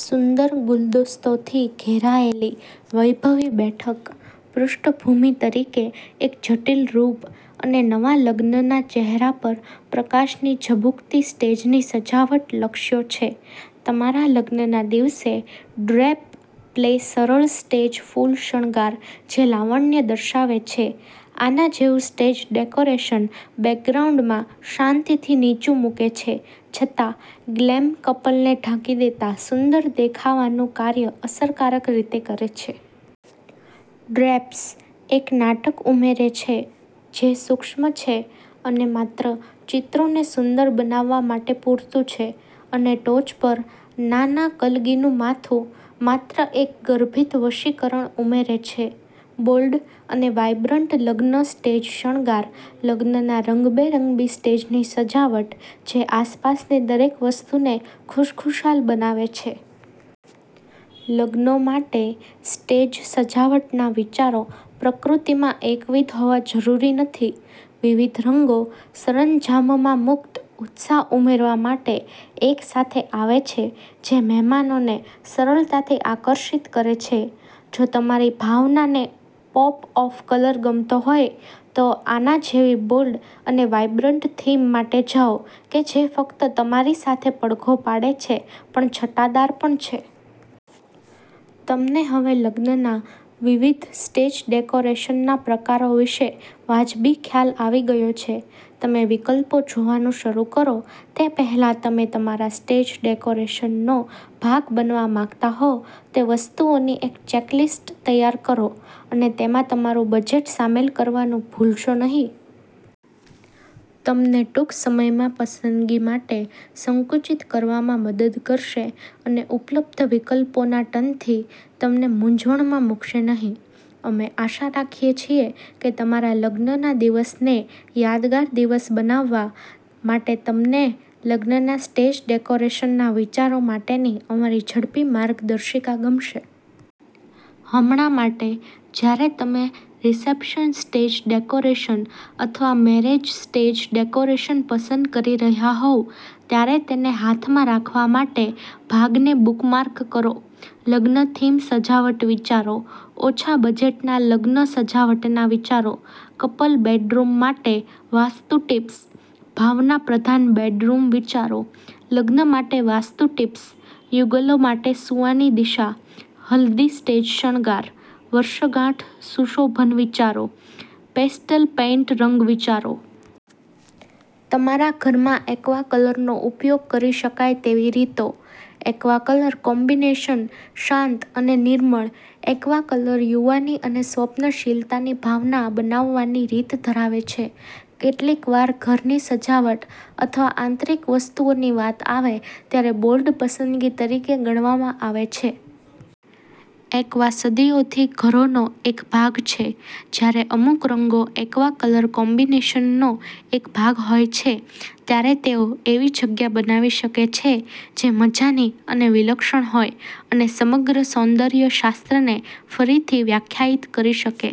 સુંદર ગુલદસ્તોથી ઘેરાયેલી વૈભવી બેઠક, પૃષ્ઠભૂમિ તરીકે એક જટિલ રૂપ અને નવા લગ્નના ચહેરા પર પ્રકાશની ઝબૂકતી સ્ટેજની સજાવટ લક્ષ્યો છે. તમારા લગ્નના દિવસે ડ્રેપ પ્લે સરળ સ્ટેજ ફૂલ શણગાર જે લાવણ્ય દર્શાવે છે આના જેવું સ્ટેજ ડેકોરેશન બેકગ્રાઉન્ડમાં શાંતિથી નીચું મૂકે છે છતાં ગ્લેમ કપલને ઢાંકી દેતા સુંદર દેખાવાનું કાર્ય અસરકારક રીતે કરે છે. ડ્રેપ્સ એક નાટક ઉમેરે છે જે સૂક્ષ્મ છે અને માત્ર ચિત્રોને સુંદર બનાવવા માટે પૂરતું છે અને ટોચ પર નાના કલગીનું માથું માત્ર એક ગર્ભિત વશીકરણ ઉમેરે છે. બોલ્ડ અને વાઇબ્રન્ટ લગ્ન સ્ટેજ શણગાર લગ્નના રંગબેરંગી સ્ટેજની સજાવટ જે આસપાસની દરેક વસ્તુને ખુશખુશાલ બનાવે છે. લગ્નો માટે સ્ટેજ સજાવટના વિચારો પ્રકૃતિમાં એકવિધ હોવા જરૂરી નથી. વિવિધ રંગો સરંજામમાં મુક્ત ઉત્સાહ ઉમેરવા માટે એકસાથે આવે છે જે મહેમાનોને સરળતાથી આકર્ષિત કરે છે. જો તમારી ભાવનાને પોપ ઓફ કલર ગમતો હોય, તો આના જેવી બોલ્ડ અને વાઇબ્રન્ટ થીમ માટે જાઓ કે જે ફક્ત તમારી સાથે પડઘો પાડે છે પણ છટાદાર પણ છે. તમને હવે લગ્નના વિવિધ સ્ટેજ ડેકોરેશનના પ્રકારો વિશે વાજબી ખ્યાલ આવી ગયો છે. તમે વિકલ્પો જોવાનું શરૂ કરો તે પહેલાં તમે તમારા સ્ટેજ ડેકોરેશનનો ભાગ બનવા માંગતા હો તે વસ્તુઓની એક ચેકલિસ્ટ તૈયાર કરો અને તેમાં તમારું બજેટ સામેલ કરવાનું ભૂલશો નહીં. તમને ટૂંક સમયમાં પસંદગી માટે સંકુચિત કરવામાં મદદ કરશે અને ઉપલબ્ધ વિકલ્પોના ટનથી તમને મૂંઝવણમાં મૂકશે નહીં. અમે આશા રાખીએ છીએ કે તમારા લગ્નના દિવસને યાદગાર દિવસ બનાવવા માટે તમને લગ્નના સ્ટેજ ડેકોરેશનના વિચારો માટેની અમારી ઝડપી માર્ગદર્શિકા ગમશે. હમણાં માટે, જ્યારે તમે રિસેપ્શન સ્ટેજ ડેકોરેશન અથવા મેરેજ સ્ટેજ ડેકોરેશન પસંદ કરી રહ્યાં હોવ ત્યારે તેને હાથમાં રાખવા માટે ભાગને બુકમાર્ક કરો. લગ્ન થીમ સજાવટ વિચારો, ઓછા બજેટના લગ્ન સજાવટના વિચારો, કપલ બેડરૂમ માટે વાસ્તુ ટિપ્સ, ભાવનાપ્રધાન બેડરૂમ વિચારો, લગ્ન માટે વાસ્તુ ટિપ્સ, યુગલો માટે સૂવાની દિશા, હલ્દી સ્ટેજ શણગાર, વર્ષગાંઠ સુશોભન વિચારો, પેસ્ટલ પેઇન્ટ રંગ વિચારો. તમારા ઘરમાં એક્વા કલરનો ઉપયોગ કરી શકાય તેવી રીતો. એક્વા કલર કોમ્બિનેશન શાંત અને નિર્મળ, એક્વા કલર યુવાની અને સ્વપ્નશીલતાની ભાવના બનાવવાની રીત ધરાવે છે. કેટલીક વાર ઘરની સજાવટ અથવા આંતરિક વસ્તુઓની વાત આવે ત્યારે બોલ્ડ પસંદગી તરીકે ગણવામાં આવે છે. એક્વા સદીઓથી ઘરોનો એક ભાગ છે. જ્યારે અમુક રંગો એક્વા કલર કોમ્બિનેશનનો એક ભાગ હોય છે, ત્યારે તેઓ એવી જગ્યા બનાવી શકે છે જે મજાની અને વિલક્ષણ હોય અને સમગ્ર સૌંદર્ય શાસ્ત્રને ફરીથી વ્યાખ્યાયિત કરી શકે.